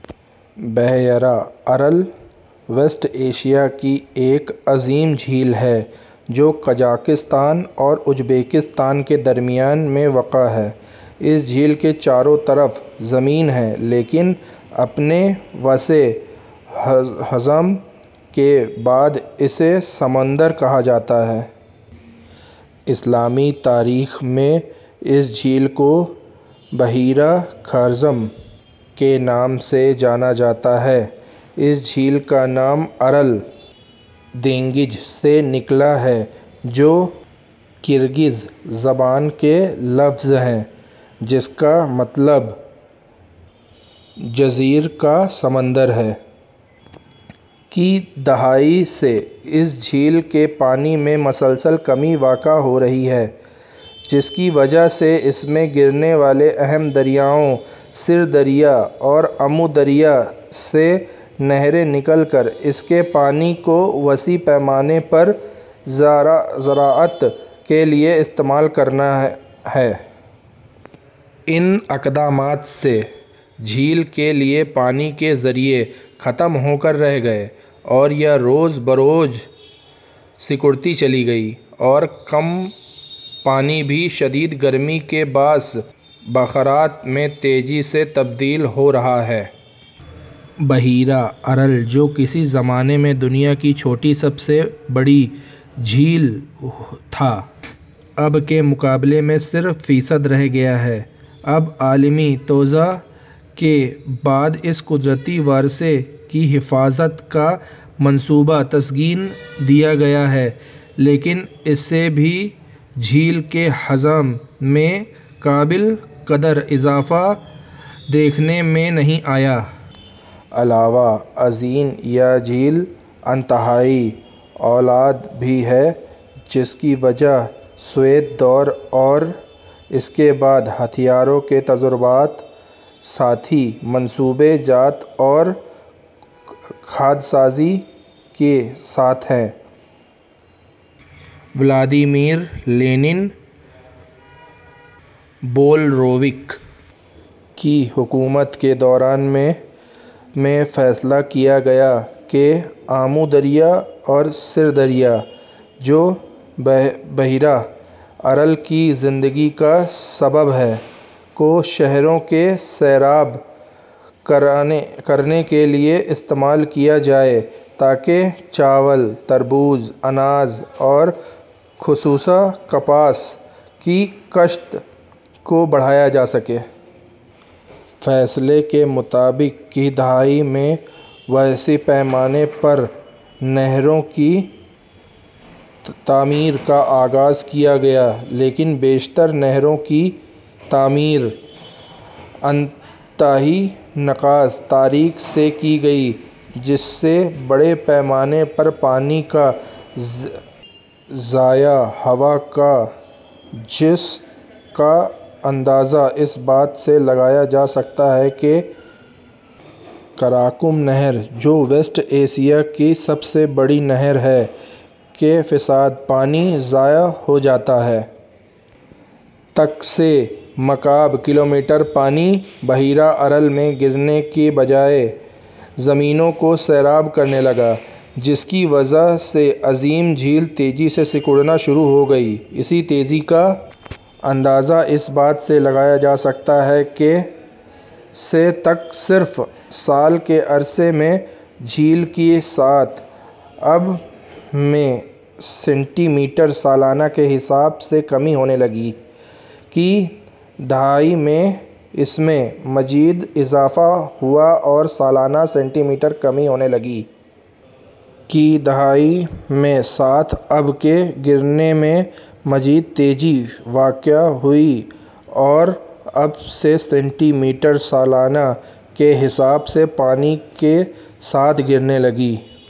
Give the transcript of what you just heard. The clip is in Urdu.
بحیرہ ارال وسط ایشیا کی ایک عظیم جھیل ہے جو قازقستان اور ازبکستان کے درمیان میں واقع ہے۔ اس جھیل کے چاروں طرف زمین ہے لیکن اپنے وسیع حجم کے باعث اسے سمندر کہا جاتا ہے۔ اسلامی تاریخ میں اس جھیل کو بحیرہ خوارزم کے نام سے جانا جاتا ہے۔ اس جھیل کا نام "ارال۔ ڈینگھز" سے نکلا ہے جو کرغز زبان کا لفظ ہے جس کا مطلب "جزائر کا سمندر" ہے۔ ء کی دہائی سے اس جھیل کے پانی میں مسلسل کمی واقع ہو رہی ہے جس کی وجہ اس میں گرنے والے اہم دریاؤں سیر دریا اور آمو دریا سے نہریں نکال کر اس کے پانی کو وسیع پیمانے پر زراعت کے لیے استعمال کرنا ہے۔ ان اقدامات سے جھیل کے لیے پانی کے ذرائع ختم ہو کر رہ گئے اور یہ روز بروز سکڑتی چلی گئی اور کم پانی بھی شدید گرمی کے باعث بخارات میں تیزی سے تبدیل ہو رہا ہے۔ بحیرہ ارال جو کسی زمانے میں دنیا کی چوتھی سب سے بڑی جھیل تھا اب ء کے مقابلے میں صرف فیصد رہ گیا ہے۔ اب عالمی توجہ کے بعد اس قدرتی ورثے کی حفاظت کا منصوبہ تشکیل دیا گیا ہے لیکن اس سے بھی جھیل کے حجم میں قابل قدر اضافہ دیکھنے میں نہیں آیا۔ علاوہ ازیں یہ جھیل انتہائی آلودہ بھی ہے جس کی وجہ سوویت دور اور اس کے بعد ہتھیاروں کے تجربات، صنعتی منصوبہ جات اور کھاد سازی کی صنعت ہے۔ ولادیمیر لینن اور بالشویکوں کی حکومت کے دوران میں ء میں فیصلہ کیا گیا کہ آمو دریا اور سیر دریا، جو بحیرہ ارال کی زندگی کا سبب ہیں، کو صحراؤں کو سیراب کرنے کے لیے استعمال کیا جائے تاکہ چاول ، تربوز ، اناج اور خصوصاً کپاس کی کاشت کو بڑھایا جاسکے۔ فیصلے کے مطابق ء کی دہائی میں وسیع پیمانے پر نہروں کی تعمیر کا آغاز کیا گیا لیکن بیشتر نہروں کی تعمیر انتہائی ناقص طریقے سے کی گئی جس سے بڑے پیمانے پر پانی کا ضیاع ہوا جس کا اندازہ اس بات سے لگایا جا سکتا ہے کہ قراقم نہر ، جو وسط ایشیا کی سب سے بڑی نہر ہے، کا فیصد پانی ضائع ہو جاتا ہے۔ ء تک سے مکعب کلومیٹر پانی بحیرہ ارال میں گرنے کی بجائے زمینوں کو سیراب کرنے لگا۔ جس کی وجہ سے یہ عظیم جھیل تیزی سے سکڑنا شروع ہو گئی۔ اس تیزی کا اندازہ اس بات سے لگایا جا سکتا ہے کہ ء سے ء تک صرف سال کے عرصے میں جھیل کی سطح آب میں سینٹی میٹر سالانہ کے حساب سے کمی ہونے لگی، ء کی دہائی میں اس میں مزید اضافہ ہوا اور سالانہ سینٹی میٹر کمی ہونے لگی۔ ء کی دہائی میں سطح آب کے گرنے میں مزید تیزی واقع ہوئی اور اب سے سینٹی میٹر سالانہ کے حساب سے پانی کی سطح گرنے لگی۔